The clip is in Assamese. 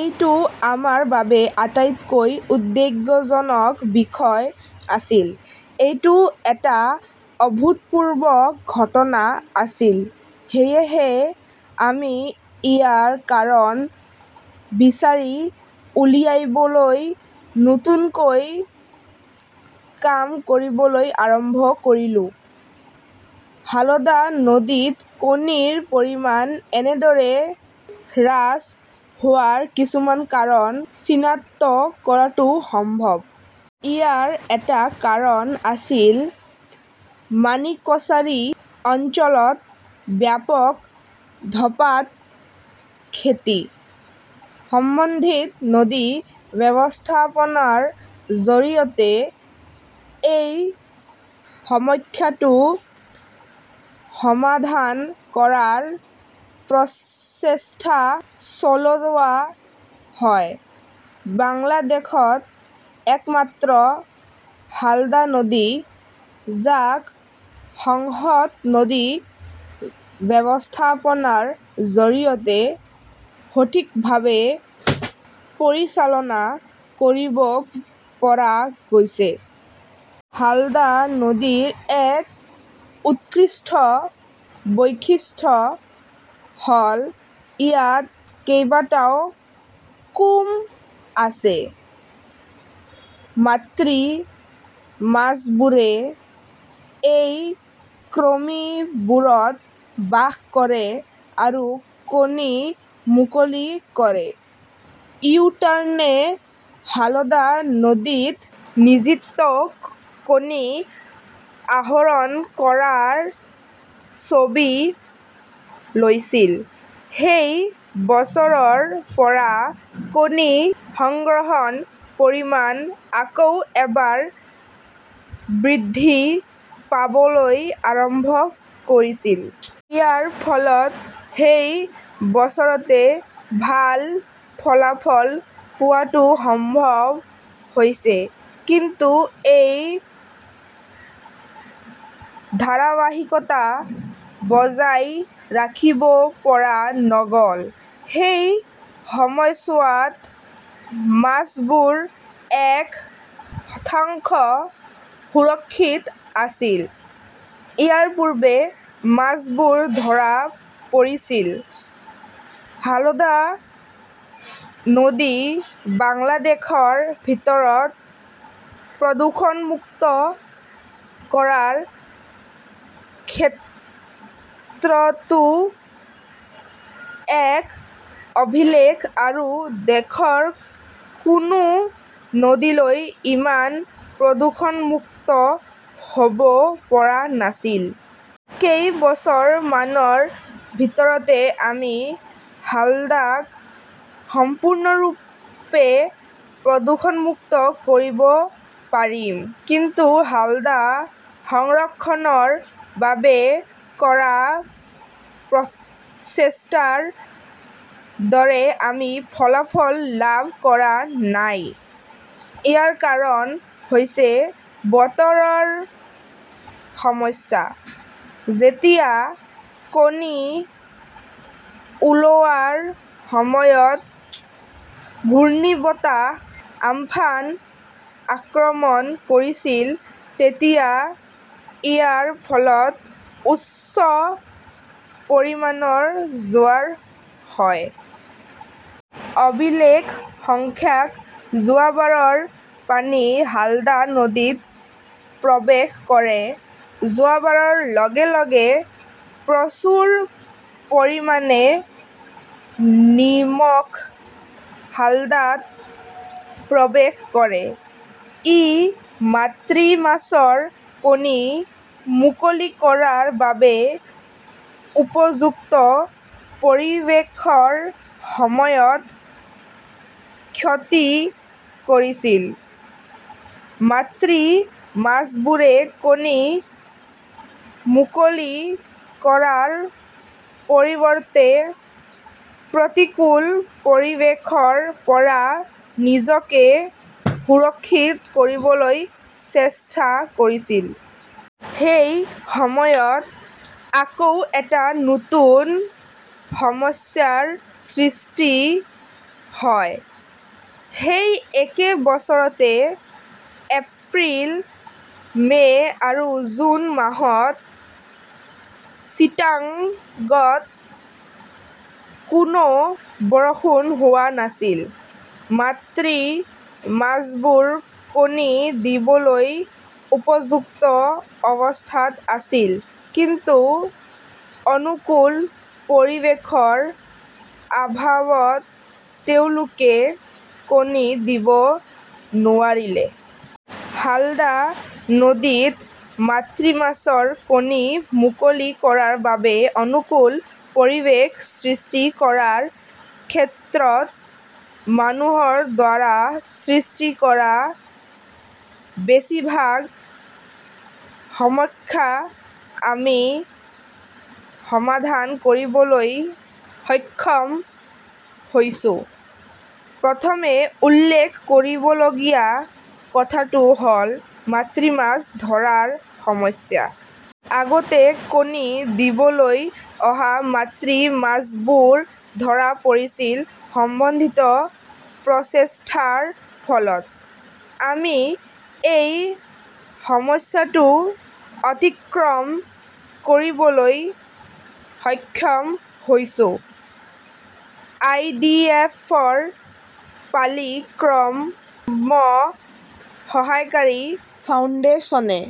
এইটো আমাৰ বাবে আটাইতকৈ উদ্বেগজনক বিষয় আছিল। এইটো এটা অভূতপূৰ্ব ঘটনা আছিল। সেয়েহে আমি ইয়াৰ কাৰণ বিচাৰি উলিয়াবলৈ নতুনকৈ কাম কৰিবলৈ আৰম্ভ কৰিলো। হালদা নদীত কণীৰ পৰিমাণ এনেদৰে হ্ৰাস হোৱাৰ কিছুমান কাৰণ চিনাক্ত কৰাটো সম্ভৱ। ইয়াৰ এটা কাৰণ আছিল মাণিকচাৰী অঞ্চলত ব্যাপক ধঁপাত খেতি। সমন্বিত নদী ব্যৱস্থাপনাৰ জৰিয়তে এই সমস্যাটো সমাধান কৰাৰ প্ৰচেষ্টা চলোৱা হয়। বাংলাদেশত একমাত্ৰ হালদা নদী, যাক সংহত নদী ব্যৱস্থাপনাৰ জৰিয়তে সঠিকভাৱে পৰিচালনা কৰিব পৰা গৈছে। হালদা নদীৰ এক উৎকৃষ্ট বৈশিষ্ট্য হ'ল ইয়াত কেইবাটাও "কুম" আছে। মাতৃ মাছবোৰে এই কৃমিবোৰত বাস কৰে আৰু কণী মুকলি কৰে।। ইউটাৰ্নে হালদা নদীত নিষিক্ত কণী আহৰণ কৰাৰ ছবি লৈছিল। সেই বছৰৰ পৰা কণী সংগ্ৰহৰ পৰিমাণ আকৌ এবাৰ বৃদ্ধি পাবলৈ আৰম্ভ কৰিছিল। ইয়াৰ ফলত সেই বছৰতে ভাল ফলাফল পোৱাটো সম্ভৱ হৈছে কিন্তু এই ধাৰাবাহিকতা বজাই ৰাখিব পৰা নগ'ল। সেই সময়ছোৱাত মাছবোৰ এশ শতাংশ সুৰক্ষিত আছিল। ইয়াৰ পূৰ্বে মাছবোৰ ধৰা পৰিছিল। হালদা নদী বাংলাদেশৰ ভিতৰত প্ৰদূষণমুক্ত কৰাৰ ক্ষেত্ৰতো এক অভিলেখ আৰু দেশৰ কোনো নদীই ইমান প্ৰদূষণমুক্ত হ'ব পৰা নাছিল। কেইবছৰমানৰ ভিতৰতে আমি হালদাক সম্পূৰ্ণৰূপে প্ৰদূষণমুক্ত কৰিব পাৰিম। কিন্তু হালদা সংৰক্ষণৰ বাবে কৰা প্ৰচেষ্টাৰ দৰে আমি ফলাফল লাভ কৰা নাই। ইয়াৰ কাৰণ হৈছে বতৰৰ সমস্যা। যেতিয়া কণী ওলোৱাৰ সময়ত ঘূৰ্ণীবতাহ আম্ফান আক্ৰমণ কৰিছিল তেতিয়া ইয়াৰ ফলত উচ্চ পৰিমাণৰ জোৱাৰ হয়। অভিলেখ সংখ্যক জোৱাৰৰ পানী হালদা নদীত প্ৰৱেশ কৰে। জোৱাৰৰ লগে লগে প্ৰচুৰ পৰিমাণে নিমখ হালদাত প্ৰৱেশ কৰে। ই মাতৃ মাছৰ কণী মুকলি কৰাৰ বাবে উপযুক্ত পৰিৱেশৰ সময়ত ক্ষতি কৰিছিল। মাতৃ মাছবোৰে কণী মুকলি কৰাৰ পৰিৱৰ্তে প্ৰতিকূল পৰিৱেশৰ পৰা নিজকে সুৰক্ষিত কৰিবলৈ চেষ্টা কৰিছিল । সেই সময়ত আকৌ এটা নতুন সমস্যাৰ সৃষ্টি হয়। সেই একে বছৰতে এপ্ৰিল, মে 'আৰু জুন মাহত চিটাগঙত কোনো বৰষুণ হোৱা নাছিল। মাতৃ মাছবোৰ কণী দিবলৈ উপযুক্ত অৱস্থাত আছিল, কিন্তু অনুকূল পৰিৱেশৰ অভাৱত তেওঁলোকে কণী দিব নোৱাৰিলে। হালদা নদীত মাতৃ মাছৰ কণী মুকলি কৰাৰ বাবে অনুকূল পৰিৱেশ সৃষ্টি কৰাৰ ক্ষেত্ৰত মানুহৰ দ্বাৰা সৃষ্টি কৰা বেছিভাগ সমস্যা আমি সমাধান কৰিবলৈ সক্ষম হৈছো। প্ৰথমে উল্লেখ কৰিবলগীয়া কথাটো হ'ল মাতৃ মাছ ধৰাৰ সমস্যা। আগতে কণী দিবলৈ অহা মাতৃ মাছবোৰ ধৰা পৰিছিল সমন্বিত প্ৰচেষ্টাৰ ফলত । আমি এই সমস্যাটো অতিক্ৰম কৰিবলৈ সক্ষম হৈছো। আই. ডি. এফ. ৰ পালি কৰ্ম সহায়কাৰী ফাউণ্ডেচনে